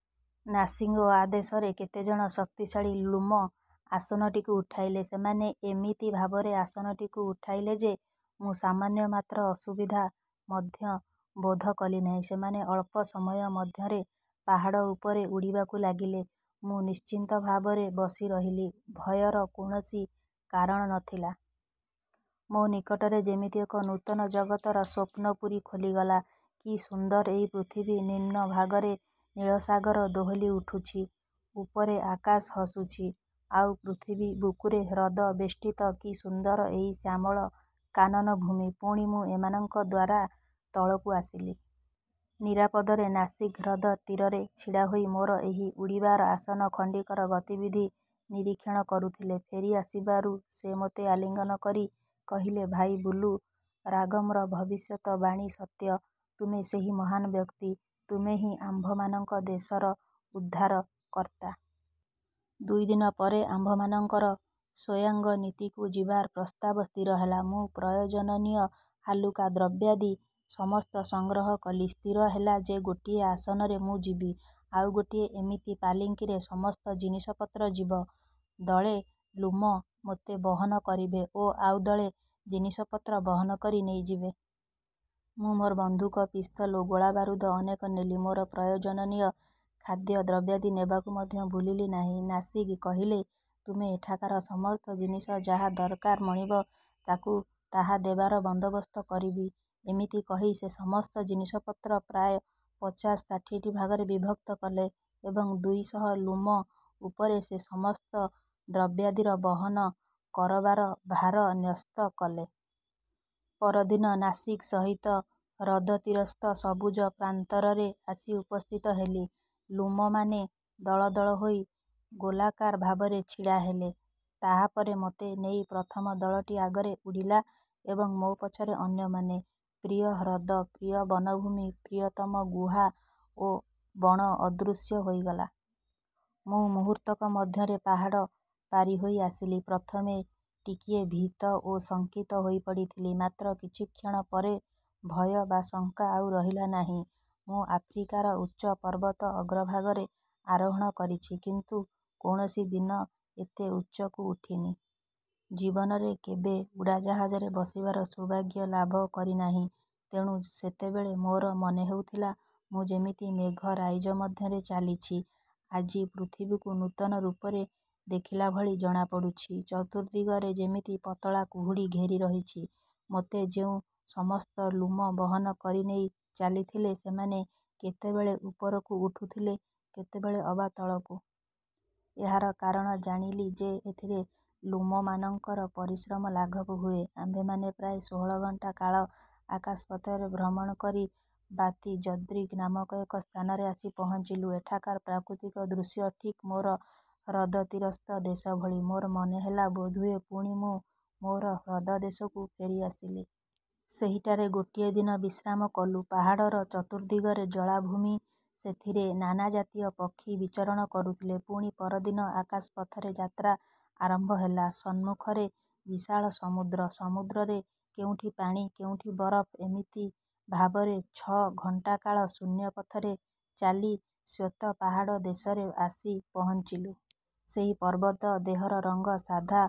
'' ନାସିଗ୍ଙ୍କ ଆଦେଶରେ କେତେଜଣ ଶକ୍ତିଶାଳୀ ଲ୍ଲୁମ ଆସନଟିକୁ ଉଠାଇଲେ। ସେମାନେ ଏମିତି ଭାବରେ ଆସନଟିକୁ ଉଠାଇଲେ ଯେ, ମୁଁ ସାମାନ୍ୟ ମାତ୍ର ଅସୁବିଧା ମଧ୍ୟ ବୋଧ କଲିନାହିଁ। ସେମାନେ ଅଳ୍ପ ସମୟ ମଧ୍ୟରେ ପାହାଡ଼ ଉପରେ ଉଡ଼ିବାକୁ ଲାଗିଲେ। ମୁଁ ନିଶ୍ଚିନ୍ତ ଭାବରେ ବସିରହିଲି, ଭୟର କୌଣସି କାରଣ ନ ଥିଲା। ମୋ ନିକଟରେ ଯେମିତି ଏକ ନୂତନ ଜଗତର ସ୍ୱପ୍ନପୁରୀ ଖୋଲିଗଲା। କି ସୁନ୍ଦର ଏଇ ପୃଥିବୀ! ନିମ୍ନ ଭାଗରେ ନୀଳସାଗର ଦୋହଲି ଉଠୁଛି। ଉପରେ ଆକାଶ ହସୁଛି। ଆଉ ପୃଥିବୀ ବୁକୁରେ ହ୍ରଦ ବେଷ୍ଟିତ କି ସୁନ୍ଦର ଏଇ ଶ୍ୟାମଳ କାନନ ଭୂମି! ପୁଣି ମୁଁ ଏମାନଙ୍କ ଦ୍ୱାରା ତଳକୁ ଆସିଲି। ନିରାପଦରେ। ନାସିଗ୍ ହ୍ରଦ ତୀରରେ ଛିଡ଼ା ହୋଇ ମୋର ଏହି ଉଡ଼ିବାର ଆସନ ଖଣ୍ଡିକର ଗତିବିଧି ନିରୀକ୍ଷଣ କରୁଥିଲେ। ଫେରିଆସିବାରୁ ସେ ମୋତେ ଆଲିଙ୍ଗନ କରି କହିଲେ, ''ଭାଇ ବୁଲୁ! ରାଗମ୍ର ଭବିଷ୍ୟତ ବାଣୀ ସତ୍ୟ। ତୁମେ ସେହି ମହାନ୍ ବ୍ୟକ୍ତି। ତୁମେ ହିଁ ଆମ୍ଭମାନଙ୍କ ଦେଶର ଉଦ୍ଧାର କର୍ତ୍ତା। '' ଦୁଇଦିନ ପରେ ଆମ୍ଭମାନଙ୍କର ସୋୟାଙ୍ଗନିତିକୁ ଯିବାର ପ୍ରସ୍ତାବ ସ୍ଥିର ହେଲା। ମୁଁ ପ୍ରୟୋଜନୀୟ ହାଲୁକା ଦ୍ରବ୍ୟାଦି ସମସ୍ତ ସଂଗ୍ରହ କଲି। ସ୍ଥିର ହେଲା ଯେ ଗୋଟିଏ ଆସନରେ ମୁଁ ଯିବି, ଆଉ ଗୋଟିଏ ଏମିତି ପାଲିଙ୍କିରେ ସମସ୍ତ ଜିନିଷପତ୍ର ଯିବ। ଦଳେ ଲ୍ଲୁମ ମୋତେ ବହନ କରିବେ ଓ ଆଉ ଦଳେ ଜିନିଷପତ୍ର ବହନକରି ନେଇଯିବେ। ମୁଁ ମୋର ବନ୍ଧୁକ, ପିସ୍ତଲ ଓ ଗୋଳାବାରୁଦ ଅନେକ ନେଲି। ମୋର ପ୍ରୟୋଜନୀୟ ଖାଦ୍ୟଦ୍ରବ୍ୟାଦି ନେବାକୁ ମଧ୍ୟ ଭୁଲିଲି ନାହିଁ-। ନାସିଗ୍ କହିଲେ, ''ତୁମେ ଏଠାକାର ସମସ୍ତ ଜିନିଷ ଯାହା ଦରକାର ମଣିବ ମୁଁ ତାହା ଦେବାର ବନ୍ଦୋବସ୍ତ କରିବି। '' ଏମିତି କହି ସେ ସମସ୍ତ ଜିନିଷପତ୍ର ପ୍ରାୟ ପଚାଶ ଷାଠିଏଟି ଭାଗରେ ବିଭକ୍ତ କଲେ ଏବଂ ଦୁଇ ଶହ ଲ୍ଲୁମ ଉପରେ ସେ ସମସ୍ତ ଦ୍ରବ୍ୟାଦିର ବହନ କରବାର ଭାର ନ୍ୟସ୍ତ କଲେ। ପରଦିନ ନାସିଗ୍ ସହିତ ହ୍ରଦତୀରସ୍ଥ ସବୁଜ ପ୍ରାନ୍ତରରେ ଆସି ଉପସ୍ଥିତ ହେଲି। ଲ୍ଲୁମମାନେ ଦଳ ଦଳ ହୋଇ ଗୋଲାକାର ଭାବରେ ଛିଡ଼ାହେଲେ। ତାହାପରେ ମୋତେ ନେଇ ପ୍ରଥମ ଦଳଟି ଆଗରେ ଉଡ଼ିଲା ଏବଂ ମୋ ପଛରେ ଅନ୍ୟମାନେ। ପ୍ରିୟ ହ୍ରଦ, ପ୍ରିୟ ବନଭୂମି, ପ୍ରିୟତମ ଗୁହା ଓ ବଣ ଅଦୃଶ୍ୟ ହୋଇଗଲା। ମୁଁ ମୁହୂର୍ତ୍ତକ ମଧ୍ୟରେ ପାହାଡ଼ ପାରିହୋଇ ଆସିଲି। ପ୍ରଥମେ ଟିକିଏ ଭୀତ ଓ ଶଙ୍କିତ ହୋଇପଡ଼ିଥିଲି, ମାତ୍ର କିଛି କ୍ଷଣ ପରେ ଭୟ ବା ଶଙ୍କା ଆଉ ରହିଲା ନାହିଁ। ମୁଁ ଆଫ୍ରିକାର ଉଚ୍ଚ ପର୍ବତ ଅଗ୍ରଭାଗରେ ଆରୋହଣ କରିଛି, କିନ୍ତୁ କୌଣସି ଦିନ ଏତେ ଉଚ୍ଚକୁ ଉଠିନି। ଜୀବନରେ କେବେ ଉଡ଼ାଜାହାଜରେ ବସିବାର ସୌଭାଗ୍ୟ ଲାଭ କରିନାହିଁ। ତେଣୁ ସେତେବେଳେ ମୋର ମନେହେଉଥିଲା, ମୁଁ ଯେମିତି ମେଘ ରାଇଜ ମଧ୍ୟରେ ଚାଲିଛି। ଆଜି ପୃଥିବୀକୁ ନୂତନ ରୂପରେ ଦେଖିଲାଭଳି ଜଣାପଡ଼ୁଛି। ଚତୁର୍ଦ୍ଦିଗରେ ଯେମିତି ପତଳା କୁହୁଡ଼ି ଘେରିରହିଛି। ମୋତେ ଯେଉଁ ସମସ୍ତ ଲ୍ଲୁମ ବହନ କରି ନେଇ ଚାଲିଥିଲେ, ସେମାନେ କେତେବେଳେ ଉପରକୁ ଉଠୁଥିଲେ, କେତେବେଳେ ଅବା ତଳକୁ। ଏହାର କାରଣ ପଚାରି ଜାଣିଲି ଯେ ଏଥିରେ ଲ୍ଲୁମମାନଙ୍କର ପରିଶ୍ରମ ଲାଘବ ହୁଏ। ଆମ୍ଭେମାନେ ପ୍ରାୟ ଷୋହଳ ଘଣ୍ଟା କାଳ ଆକାଶ ପଥରେ ଭ୍ରମଣ କରି ବାତିଜଦ୍ରିଗ୍ ନାମକ ଏକ ସ୍ଥାନରେ ଆସି ପହଞ୍ଚିଲୁ। ଏଠାକାର ପ୍ରାକୃତିକ ଦୃଶ୍ୟ ଠିକ୍ ମୋର ହ୍ରଦତୀରସ୍ଥ ଦେଶଭଳି। ମୋର ମନେହେଲା, ବୋଧହୁଏ ପୁଣି ମୁଁ ମୋର ହ୍ରଦ ଦେଶକୁ ଫେରିଆସିଲି। ସେହିଠାରେ ଗୋଟିଏ ଦିନ ବିଶ୍ରାମ କଲୁଁ। ପାହାଡ଼ର ଚତୁର୍ଦ୍ଦିଗରେ ଜଳାଭୂମି, ସେଥିରେ ନାନାଜାତୀୟ ପକ୍ଷୀ ବିଚରଣ କରୁଥିଲେ। ପୁଣି ପରଦିନ ଆକାଶ ପଥରେ ଯାତ୍ରା ଆରମ୍ଭ ହେଲା। ସମ୍ମୁଖରେ ବିଶାଳ ସମୁଦ୍ର। ସମୁଦ୍ରରେ କେଉଁଠି ପାଣି, କେଉଁଠି ବରଫ, ଏମିତି ଭାବରେ ଛ' ଘଣ୍ଟାକାଳ ଶୂନ୍ୟ ପଥରେ ଚାଲି ଶ୍ୱେତ ପାହାଡ଼ ଦେଶରେ ଆସି ପହଞ୍ଚିଲୁ। ସେହି ପର୍ବତ ଦେହର ରଙ୍ଗ ସାଧା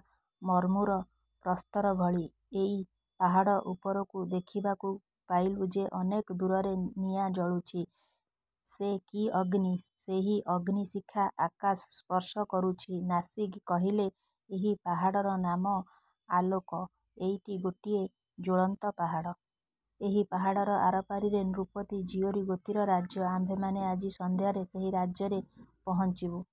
ମର୍ମ୍ମର ପ୍ରସ୍ତରଭଳି। ଏଇ ପାହାଡ଼ ଉପରକୁ ଦେଖିବାକୁ ପାଇଲୁ ଯେ ଅନେକ ଦୂରରେ ନିଆଁ ଜଳୁଛି। ସେ କି ଅଗ୍ନି? ସେହି ଅଗ୍ନିଶିଖା ଆକାଶ ସ୍ପର୍ଶ କରୁଛି। ନାସିଗ୍ କହିଲେ, ''ଏଇ ପାହାଡ଼ର ନାମ ଆଲକୋ। ଏଇଟି ଗୋଟିଏ ଜ୍ୱଳନ୍ତ ପାହାଡ଼। ଏହି ପାହାଡ଼ର ଆରପାରିରେ ନୃପତି ଜିଓରିଗୋତିର ରାଜ୍ୟ। ଆମ୍ଭେମାନେ ଆଜି ସନ୍ଧ୍ୟାରେ ସେହି ରାଜ୍ୟରେ ପହଞ୍ଚିବୁ।